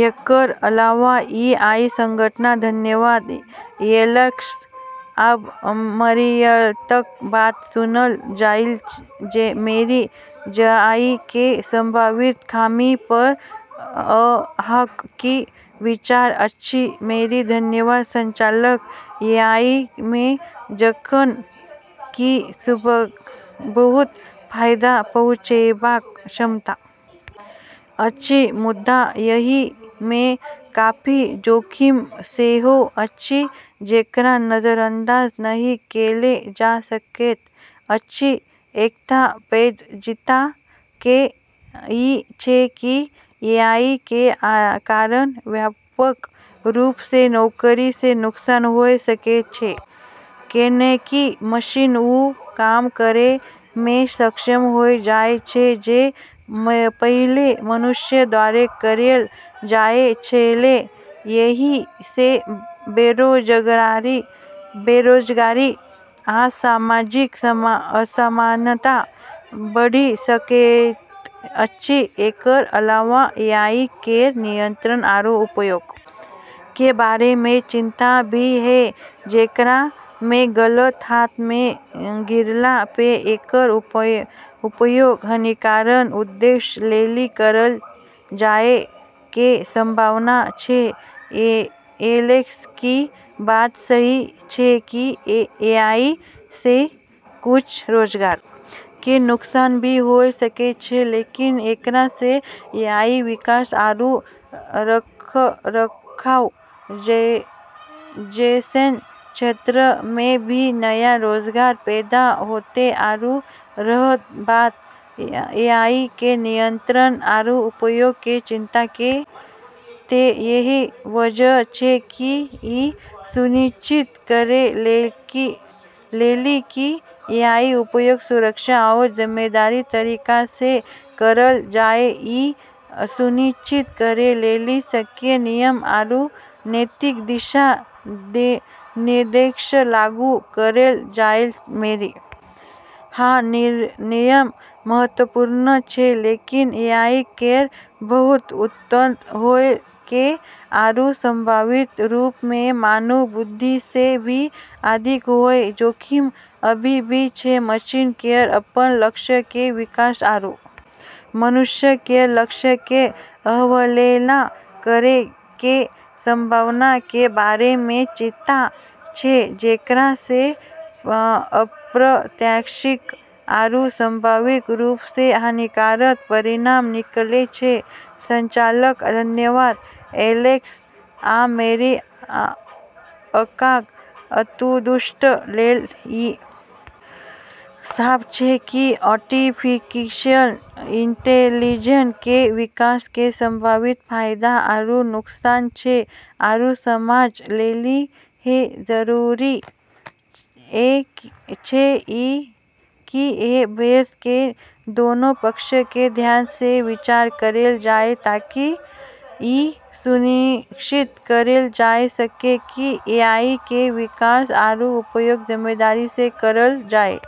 एकरऽ अलावा A I संचालक धन्यवाद, एलेक्स, आब मरियमक बात सुनल जाय, मैरी एआई के संभावित खामी पर अहाँक की विचार अछि? मैरी धन्यवाद संचालक, एआई मे जखन कि बहुत फायदा पहुंचेबाक क्षमता अछि मुदा एहि मे काफी जोखिम सेहो अछि जेकरा नजरअंदाज नहि कैल जा सकैत अछि, एकटा पैघ चिंता ई छै कि एआई के कारण व्यापक रूप से नौकरी के नुकसान होय सकै छै, कैन्हेंकि मशीन उ काम करै मे सक्षम होय जाय छै जे पहिने मनुष्य द्वारा करलऽ जाय छेलै, एहि स बेरोजगारी आ सामाजिक असमानता बढ़ि सकैत अछि, एकरऽ अलावा एआई केरऽ नियंत्रण आरू उपयोग के बारे मे चिंता भी छै जेकरा मे गलत हाथऽ मे गिरला पे एकरऽ उपयोग हानिकारक उद्देश्य लेली करलऽ जाय के संभावना छै, एलेक्स ई बात सही छै कि एआई से कुछ रोजगार के नुकसान भी होय सकै छै लेकिन एकरा से एआई के विकास आरू रखरखाव जैसनऽ क्षेत्र मे भी नया रोजगार पैदा होतै आरू रहल बात एआई के नियंत्रण आरू उपयोग के चिंता के तै यही वजह छै कि ई सुनिश्चित करै लेली कि एआई के उपयोग सुरक्षित आरू जिम्मेदार तरीका से करलऽ जाय, ई सुनिश्चित करै लेली सख्त नियम आरू नैतिक दिशा-निर्देश लागू करलऽ जाय, मैरी हाँ, नियम महत्वपूर्ण छै लेकिन एआई केरऽ बहुत उन्नत होय के आरू संभावित रूप से मानव बुद्धि से भी अधिक होय के जोखिम अभी भी छै, मशीन केरऽ अपनऽ लक्ष्य के विकास आरू मनुष्य केरऽ लक्ष्य के अवहेलना करै के संभावना के बारे मे चिंता छै, जेकरा से अप्रत्याशित आरू संभावित रूप से हानिकारक परिणाम निकलै छै, संचालक धन्यवाद, एलेक्स आ मैरी, अहाँक अंतर्दृष्टि लेल ई साफ छै कि आर्टिफिशियल इंटेलिजेंस के विकास के संभावित फायदा आरू नुकसान छै आरू समाज लेली ई जरूरी छै कि ई बहस के दोनों पक्ष पे ध्यान से विचार करलऽ जाय ताकि ई सुनिश्चित करलऽ जाय सके कि एआई के विकास आरू उपयोग जिम्मेदारी से करलऽ जाय।